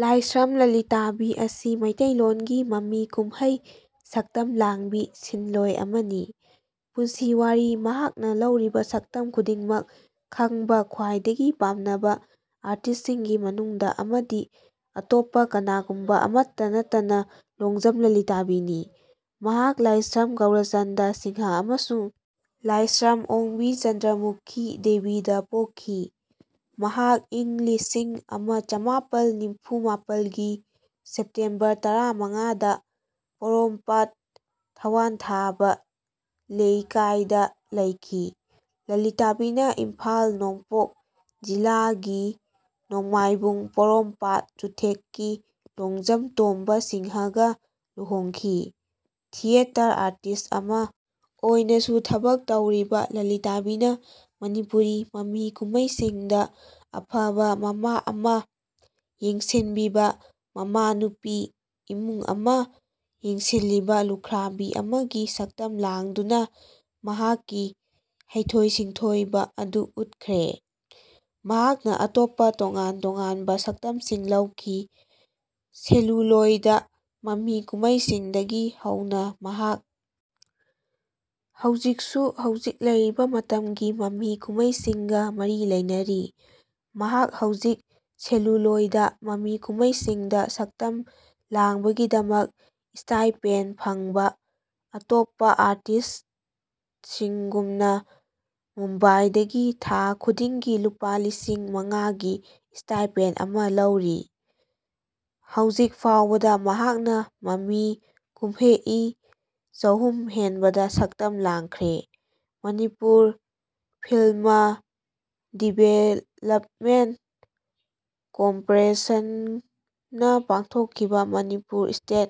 ꯂꯥꯏꯁ꯭ꯔꯝ ꯂꯂꯤꯇꯥꯕꯤ ꯑꯁꯤ ꯃꯤꯇꯩꯂꯣꯟꯒꯤ ꯃꯃꯤ ꯀꯨꯝꯍꯩ ꯁꯛꯇꯝ ꯂꯥꯡꯕꯤ ꯁꯤꯟꯂꯣꯏ ꯑꯃꯅꯤ꯫ ꯄꯨꯟꯁꯤ ꯋꯥꯔꯤ ꯃꯍꯥꯛꯅ ꯂꯧꯔꯤꯕ ꯁꯛꯇꯝ ꯈꯨꯗꯤꯡꯃꯛ ꯈꯪꯕ ꯈ꯭ꯋꯥꯏꯗꯒꯤ ꯄꯥꯝꯅꯕ ꯑꯥꯔꯇꯤꯁ꯭ꯠꯁꯤꯡꯒꯤ ꯃꯅꯨꯡꯗ ꯑꯃꯗꯤ ꯑꯇꯣꯞꯄ ꯀꯅꯥꯒꯨꯝꯕ ꯑꯃꯠꯇ ꯅꯠꯇꯅ ꯂꯣꯡꯖꯝ ꯂꯂꯤꯇꯥꯕꯤꯅꯤ꯫ ꯃꯍꯥꯛ ꯂꯥꯏꯁ꯭ꯔꯝ ꯒꯧꯔꯆꯟꯗ ꯁꯤꯡꯍ ꯑꯃꯁꯨꯡ ꯂꯥꯏꯁ꯭ꯔꯝ ꯑꯣꯡꯕꯤ ꯆꯟꯗ꯭ꯔꯃꯨꯈꯤ ꯗꯦꯕꯤꯗ ꯄꯣꯛꯈꯤ꯫ ꯃꯍꯥꯛ ꯏꯪ ꯂꯤꯁꯤꯡ ꯑꯃ ꯆꯥꯃꯥꯄꯜ ꯅꯤꯐꯨ ꯃꯥꯄꯜꯒꯤ ꯁꯦꯞꯇꯦꯝꯕꯔ ꯇꯔꯥ ꯃꯉꯥꯗ ꯄꯣꯔꯣꯝꯄꯠ ꯊꯥꯋꯟꯊꯥꯕꯥ ꯂꯦꯏꯀꯥꯏꯗ ꯂꯩꯈꯤ꯫ ꯂꯂꯤꯇꯥꯕꯤꯅ ꯏꯝꯐꯥꯜ ꯅꯣꯡꯄꯣꯛ ꯖꯤꯂꯥꯒꯤ ꯅꯣꯡꯃꯥꯏꯕꯨꯡ ꯄꯣꯔꯣꯝꯄꯥꯠ ꯆꯨꯊꯦꯛꯀꯤ ꯂꯣꯡꯖꯥꯝ ꯇꯣꯝꯕ ꯁꯤꯡꯍꯒ ꯂꯨꯍꯣꯡꯈꯤ꯫ ꯊꯤꯌꯦꯇꯔ ꯑꯥꯔꯇꯤꯁ꯭ꯠ ꯑꯃ ꯑꯣꯏꯅꯁꯨ ꯊꯕꯛ ꯇꯧꯔꯤꯕ ꯂꯂꯤꯇꯥꯕꯤꯅ ꯃꯅꯤꯄꯨꯔꯤ ꯃꯃꯤ ꯀꯨꯝꯍꯩꯁꯤꯡꯗ ꯑꯐꯕ ꯃꯃꯥ ꯑꯃ, ꯌꯦꯡꯁꯤꯟꯕꯤꯕ ꯃꯃꯥꯅꯨꯄꯤ, ꯏꯃꯨꯡ ꯑꯃ ꯌꯦꯡꯁꯤꯜꯂꯤꯕ ꯂꯨꯈ꯭ꯔꯥꯕꯤ ꯑꯃꯒꯤ ꯁꯛꯇꯝ ꯂꯥꯡꯗꯨꯅ ꯃꯍꯥꯛꯀꯤ ꯍꯩꯊꯣꯏ-ꯁꯤꯡꯊꯣꯏꯕ ꯑꯗꯨ ꯎꯠꯈ꯭ꯔꯦ꯫ ꯃꯍꯥꯛꯅ ꯑꯇꯣꯞꯄ ꯇꯣꯉꯥꯟ-ꯇꯣꯉꯥꯟꯕ ꯁꯛꯇꯝꯁꯤꯡ ꯂꯧꯈꯤ꯫ ꯁꯦꯂꯨꯂꯣꯏꯗ ꯃꯃꯤ ꯀꯨꯝꯍꯩꯁꯤꯡꯗꯒꯤ ꯍꯧꯅ ꯃꯍꯥꯛ ꯍꯧꯖꯤꯛꯁꯨ ꯍꯧꯖꯤꯛ ꯂꯩꯔꯤꯕ ꯃꯇꯝꯒꯤ ꯃꯃꯤ ꯀꯨꯝꯍꯩꯁꯤꯡꯒ ꯃꯔꯤ ꯂꯩꯅꯔꯤ꯫ ꯃꯍꯥꯛ ꯍꯧꯖꯤꯛ ꯁꯦꯂꯨꯂꯣꯏꯗ ꯃꯃꯤ ꯀꯨꯝꯍꯩꯁꯤꯡꯗ ꯁꯛꯇꯝ ꯂꯥꯡꯕꯒꯤꯗꯃꯛ ꯁ꯭ꯇꯥꯏꯄꯦꯟ ꯐꯪꯕ ꯑꯇꯣꯞꯄ ꯑꯥꯔꯇꯤꯁꯇꯁꯤꯡꯒꯨꯝꯅ ꯃꯨꯝꯕꯥꯏꯗꯒꯤ ꯊꯥ ꯈꯨꯗꯤꯡꯒꯤ ꯂꯨꯄꯥ ꯂꯤꯁꯤꯡ ꯃꯉꯥꯒꯤ ꯁ꯭ꯇꯥꯏꯄꯦꯟ ꯑꯃ ꯂꯧꯔꯤ꯫ ꯍꯧꯖꯤꯛ ꯐꯥꯎꯕꯗ ꯃꯍꯥꯛꯅ ꯃꯃꯤ ꯀꯨꯝꯍꯦꯏ ꯆꯥꯍꯨꯝ ꯍꯦꯟꯕꯗ ꯁꯛꯇꯝ ꯂꯥꯡꯈ꯭ꯔꯦ꯫ ꯃꯅꯤꯄꯨꯔ ꯐꯤꯜ꯭ꯃ ꯗꯤꯕꯦꯂꯞꯃꯦꯟꯇ ꯀꯣꯔꯄꯣꯔꯦꯁꯟꯅ ꯄꯥꯡꯊꯣꯛꯈꯤꯕ ꯃꯅꯤꯄꯨꯔ ꯁ꯭ꯇꯦꯠ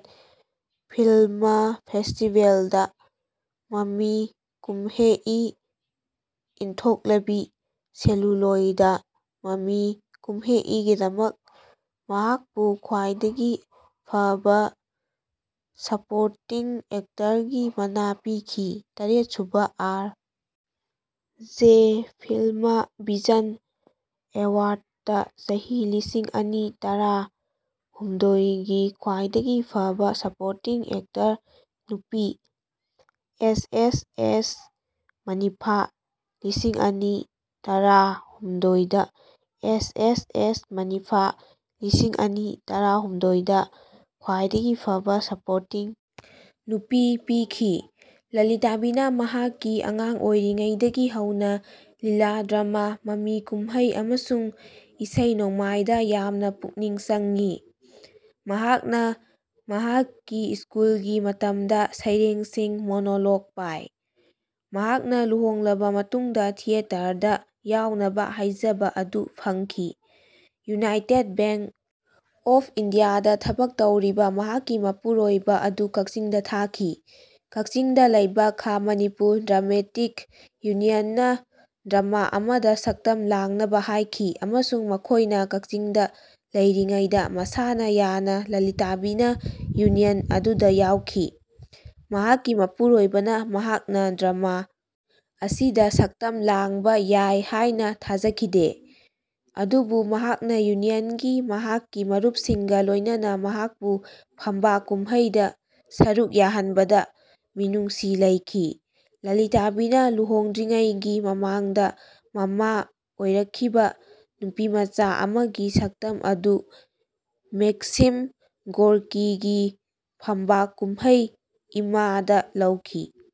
ꯐꯤꯜꯃ ꯐꯦꯁꯇꯤꯕꯦꯜꯗ ꯃꯃꯤ ꯀꯨꯝꯍꯦꯏ ꯏꯟꯊꯣꯛꯂꯕꯤ ꯁꯦꯂꯨꯂꯣꯏꯗ ꯃꯃꯤ ꯀꯨꯝꯍꯦꯏꯒꯤꯗꯃꯛ ꯃꯍꯥꯛꯄꯨ ꯈ꯭ꯋꯥꯏꯗꯒꯤ ꯐꯕ ꯁꯄꯣꯔꯇꯤꯡ ꯑꯦꯛꯇꯔꯒꯤ ꯃꯅꯥ ꯄꯤꯈꯤ, ꯇꯔꯦꯠꯁꯨꯕ ꯑꯥꯔ. ꯖꯦ. ꯐꯤꯜ꯭ꯃ ꯚꯤꯖꯟ ꯑꯦꯋꯥꯔ꯭ꯗꯇ ꯆꯍꯤ -ꯂꯤꯁꯤꯡ ꯑꯅꯤ ꯇꯔꯥ ꯍꯨꯝꯗꯣꯏꯒꯤ ꯈ꯭ꯋꯥꯏꯗꯒꯤ ꯐꯕ ꯁꯄꯣꯔꯇꯤꯡ ꯑꯦꯛꯇꯔ (ꯅꯨꯄꯤ), ꯑꯦꯁ. ꯑꯦꯁ. ꯑꯦꯁ. ꯃꯅꯤꯐꯥ ꯂꯤꯁꯤꯡ ꯑꯅꯤ ꯇꯔꯥ ꯍꯨꯝꯗꯣꯏꯗ ꯑꯦꯁ. ꯑꯦꯁ. ꯑꯦꯁ. ꯃꯅꯤꯐꯥ ꯂꯤꯁꯤꯡ ꯑꯅꯤ ꯇꯔꯥ ꯍꯨꯝꯗꯣꯏꯗ ꯈ꯭ꯋꯥꯏꯗꯒꯤ ꯐꯕ ꯁꯄꯣꯔꯇꯤꯡ (ꯅꯨꯄꯤ) ꯄꯤꯈꯤ꯫ ꯂꯂꯤꯇꯥꯕꯤꯅ ꯃꯍꯥꯛꯀꯤ ꯑꯉꯥꯡ ꯑꯣꯏꯔꯤꯉꯩꯗꯒꯤ ꯍꯧꯅ ꯂꯤꯂꯥ, ꯗ꯭ꯔꯃꯥ, ꯃꯃꯤ ꯀꯨꯝꯍꯩ ꯑꯃꯁꯨꯡ ꯏꯁꯩ-ꯅꯣꯡꯃꯥꯏꯗ ꯌꯥꯝꯅ ꯄꯨꯛꯅꯤꯡ ꯆꯪꯉꯤ꯫ ꯃꯍꯥꯛꯅ ꯃꯍꯥꯛꯀꯤ ꯁ꯭ꯀꯨꯜꯒꯤ ꯃꯇꯝꯗ ꯁꯩꯔꯦꯡꯁꯤꯡ, ꯃꯣꯅꯣꯂꯣꯒ ꯄꯥꯏ꯫ ꯃꯍꯥꯛꯅ ꯂꯨꯍꯣꯡꯂꯕ ꯃꯇꯨꯡꯗ ꯊꯤꯌꯦꯇꯔꯗ ꯌꯥꯎꯅꯕ ꯍꯥꯏꯖꯕ ꯑꯗꯨ ꯐꯪꯈꯤ꯫ ꯌꯨꯅꯥꯏꯇꯦꯗ ꯕꯦꯡꯛ ꯑꯣꯐ ꯏꯟꯗꯤꯌꯥꯗ ꯊꯕꯛ ꯇꯧꯔꯤꯕ ꯃꯍꯥꯛꯀꯤ ꯃꯄꯨꯔꯣꯏꯕ ꯑꯗꯨ ꯀꯛꯆꯤꯡꯗ ꯊꯥꯈꯤ꯫ ꯀꯛꯆꯤꯡꯗ ꯂꯩꯕ ꯈꯥ-ꯃꯅꯤꯄꯨꯔ ꯗ꯭ꯔꯥꯃꯦꯇꯤꯛ ꯌꯨꯅꯤꯌꯟꯅ ꯗ꯭ꯔꯃꯥ ꯑꯃꯗ ꯁꯛꯇꯝ ꯂꯥꯡꯅꯕ ꯍꯥꯏꯈꯤ ꯑꯃꯁꯨꯡ ꯃꯈꯣꯏꯅ ꯀꯛꯆꯤꯡꯗ ꯂꯩꯔꯤꯉꯩꯗ ꯃꯁꯥꯅ ꯌꯥꯅ ꯂꯂꯤꯇꯥꯕꯤꯅ ꯌꯨꯅꯤꯌꯟ ꯑꯗꯨꯗ ꯌꯥꯎꯈꯤ꯫ ꯃꯍꯥꯛꯀꯤ ꯃꯄꯨꯔꯣꯏꯕꯅ ꯃꯍꯥꯛꯅ ꯗ꯭ꯔꯃꯥ ꯑꯁꯤꯗ ꯁꯛꯇꯝ ꯂꯥꯡꯕ ꯌꯥꯏ ꯍꯥꯏꯅ ꯊꯥꯖꯈꯤꯗꯦ꯫ ꯑꯗꯨꯕꯨ ꯃꯍꯥꯛꯅ ꯌꯨꯅꯤꯌꯟꯒꯤ ꯃꯍꯥꯛꯀꯤ ꯃꯔꯨꯞꯁꯤꯡꯒ ꯂꯣꯏꯅꯅ ꯃꯍꯥꯛꯄꯨ ꯐꯝꯕꯥꯛ ꯀꯨꯝꯍꯩꯗ ꯁꯔꯨꯛ ꯌꯥꯍꯟꯕꯗ ꯃꯤꯅꯨꯡꯁꯤ ꯂꯩꯈꯤ꯫ ꯂꯂꯤꯇꯥꯕꯤꯅ ꯂꯨꯍꯣꯡꯗ꯭ꯔꯤꯉꯩꯒꯤ ꯃꯃꯥꯡꯗ ꯃꯃꯥ ꯑꯣꯏꯔꯛꯈꯤꯕ ꯅꯨꯄꯤꯃꯆꯥ ꯑꯃꯒꯤ ꯁꯛꯇꯝ ꯑꯗꯨ ꯃꯦꯛꯁꯤꯝ ꯒꯣꯔꯀꯤꯒꯤ ꯐꯝꯕꯥꯛ ꯀꯨꯝꯍꯩ 'ꯏꯃꯥ'ꯗ ꯂꯧꯈꯤ꯫